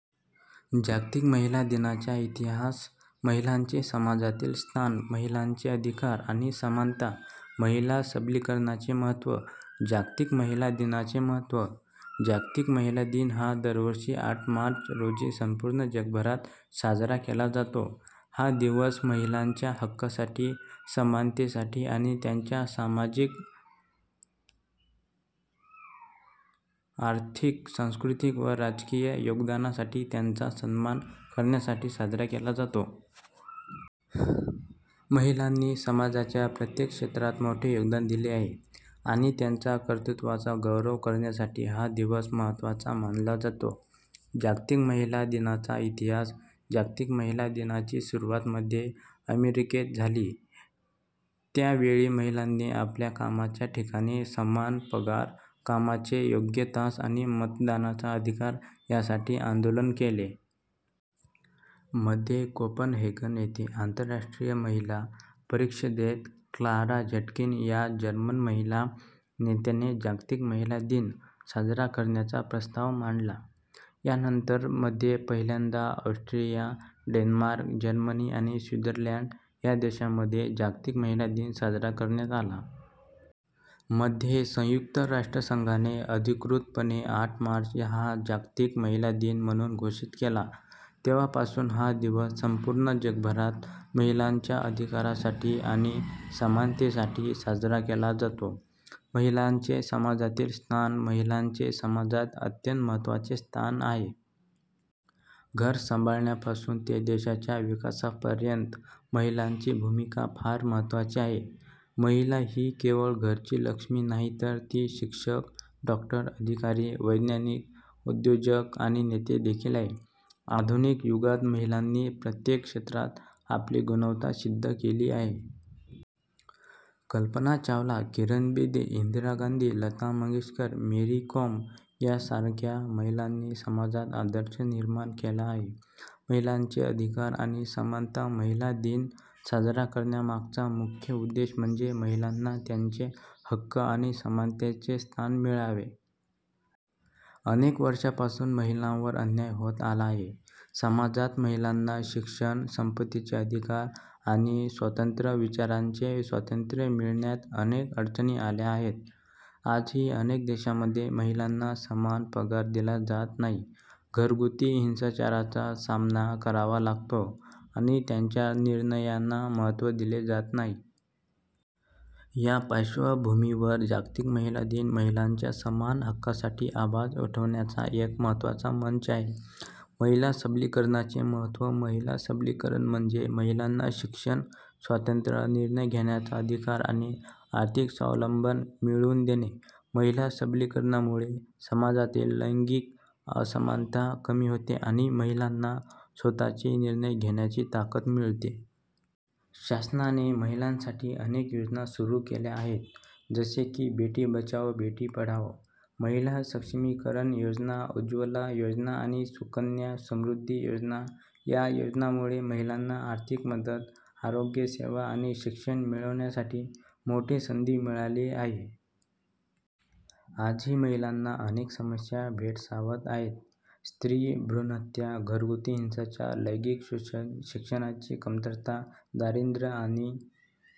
जागतिक महिला दिनाचा इतिहास, महिलांचे समाजातील स्थान, महिलांचे अधिकार आणि समानता, महिला सबलीकरणाचे महत्त्व, जागतिक महिला दिनाचे महत्त्व. जागतिक महिला दिन हा दरवर्षी आठ मार्च रोजी संपूर्ण जगभरात साजरा केला जातो. हा दिवस महिलांच्या हक्कांसाठी, समानतेसाठी आणि त्यांच्या सामाजिक, आर्थिक, सांस्कृतिक व राजकीय योगदानासाठी त्यांचा सन्मान करण्यासाठी साजरा केला जातो. महिलांनी समाजाच्या प्रत्येक क्षेत्रात मोठे योगदान दिले आहे आणि त्यांच्या कर्तृत्वाचा गौरव करण्यासाठी हा दिवस महत्त्वाचा मानला जातो. जागतिक महिला दिनाचा इतिहास जागतिक महिला दिनाची सुरुवात मध्ये अमेरिकेत झाली. त्या वेळी महिलांनी आपल्या कामाच्या ठिकाणी समान पगार, कामाचे योग्य तास आणि मतदानाचा अधिकार यासाठी आंदोलन केले. मध्ये कोपनहेगन येथे आंतरराष्ट्रीय महिला परिषदेत क्लारा झेटकिन या जर्मन महिला नेत्याने जागतिक महिला दिन साजरा करण्याचा प्रस्ताव मांडला. यानंतर मध्ये पहिल्यांदा ऑस्ट्रिया, डेन्मार्क, जर्मनी आणि स्वित्झर्लंड या देशांमध्ये जागतिक महिला दिन साजरा करण्यात आला. मध्ये संयुक्त राष्ट्रसंघाने अधिकृतपणे आठ मार्च हा जागतिक महिला दिन म्हणून घोषित केला. तेव्हापासून हा दिवस संपूर्ण जगभरात महिलांच्या अधिकारांसाठी आणि समानतेसाठी साजरा केला जातो. महिलांचे समाजातील स्थान महिलांचे समाजात अत्यंत महत्त्वाचे स्थान आहे. घर सांभाळण्यापासून ते देशाच्या विकासापर्यंत महिलांची भूमिका फार महत्त्वाची आहे. महिला ही केवळ घरची लक्ष्मी नाही तर ती शिक्षक, डॉक्टर, अधिकारी, वैज्ञानिक, उद्योजक आणि नेते देखील आहे. आधुनिक युगात महिलांनी प्रत्येक क्षेत्रात आपली गुणवत्ता सिद्ध केली आहे. कल्पना चावला, किरण बेदी, इंदिरा गांधी, लता मंगेशकर, मेरी कोम यांसारख्या महिलांनी समाजात आदर्श निर्माण केला आहे. महिलांचे अधिकार आणि समानता महिला दिन साजरा करण्यामागचा मुख्य उद्देश म्हणजे महिलांना त्यांचे हक्क आणि समानतेचे स्थान मिळावे. अनेक वर्षांपासून महिलांवर अन्याय होत आला आहे. समाजात महिलांना शिक्षण, संपत्तीचे अधिकार आणि स्वतंत्र विचारांचे स्वातंत्र्य मिळण्यात अनेक अडचणी आल्या आहेत. आजही अनेक देशांमध्ये महिलांना समान पगार दिला जात नाही, घरगुती हिंसाचाराचा सामना करावा लागतो आणि त्यांच्या निर्णयांना महत्त्व दिले जात नाही. या पार्श्वभूमीवर जागतिक महिला दिन महिलांच्या समान हक्कांसाठी आवाज उठवण्याचा एक महत्त्वाचा मंच आहे. महिला सबलीकरणाचे महत्त्व महिला सबलीकरण म्हणजे महिलांना शिक्षण, स्वातंत्र्य, निर्णय घेण्याचा अधिकार आणि आर्थिक स्वावलंबन मिळवून देणे. महिला सबलीकरणामुळे समाजातील लैंगिक असमानता कमी होते आणि महिलांना स्वतःचे निर्णय घेण्याची ताकद मिळते. शासनाने महिलांसाठी अनेक योजना सुरू केल्या आहेत जसे की बेटी बचाओ बेटी पढाओ, महिला सक्षमीकरण योजना, उज्ज्वला योजना आणि सुकन्या समृद्धी योजना. या योजनांमुळे महिलांना आर्थिक मदत, आरोग्यसेवा आणि शिक्षण मिळवण्यासाठी मोठी संधी मिळाली आहे. आजही महिलांना अनेक समस्या भेडसावत आहेत. स्त्री भ्रूणहत्या, घरगुती हिंसाचार, लैंगिक शोषण, शिक्षणाची कमतरता, दारिद्र्य आणि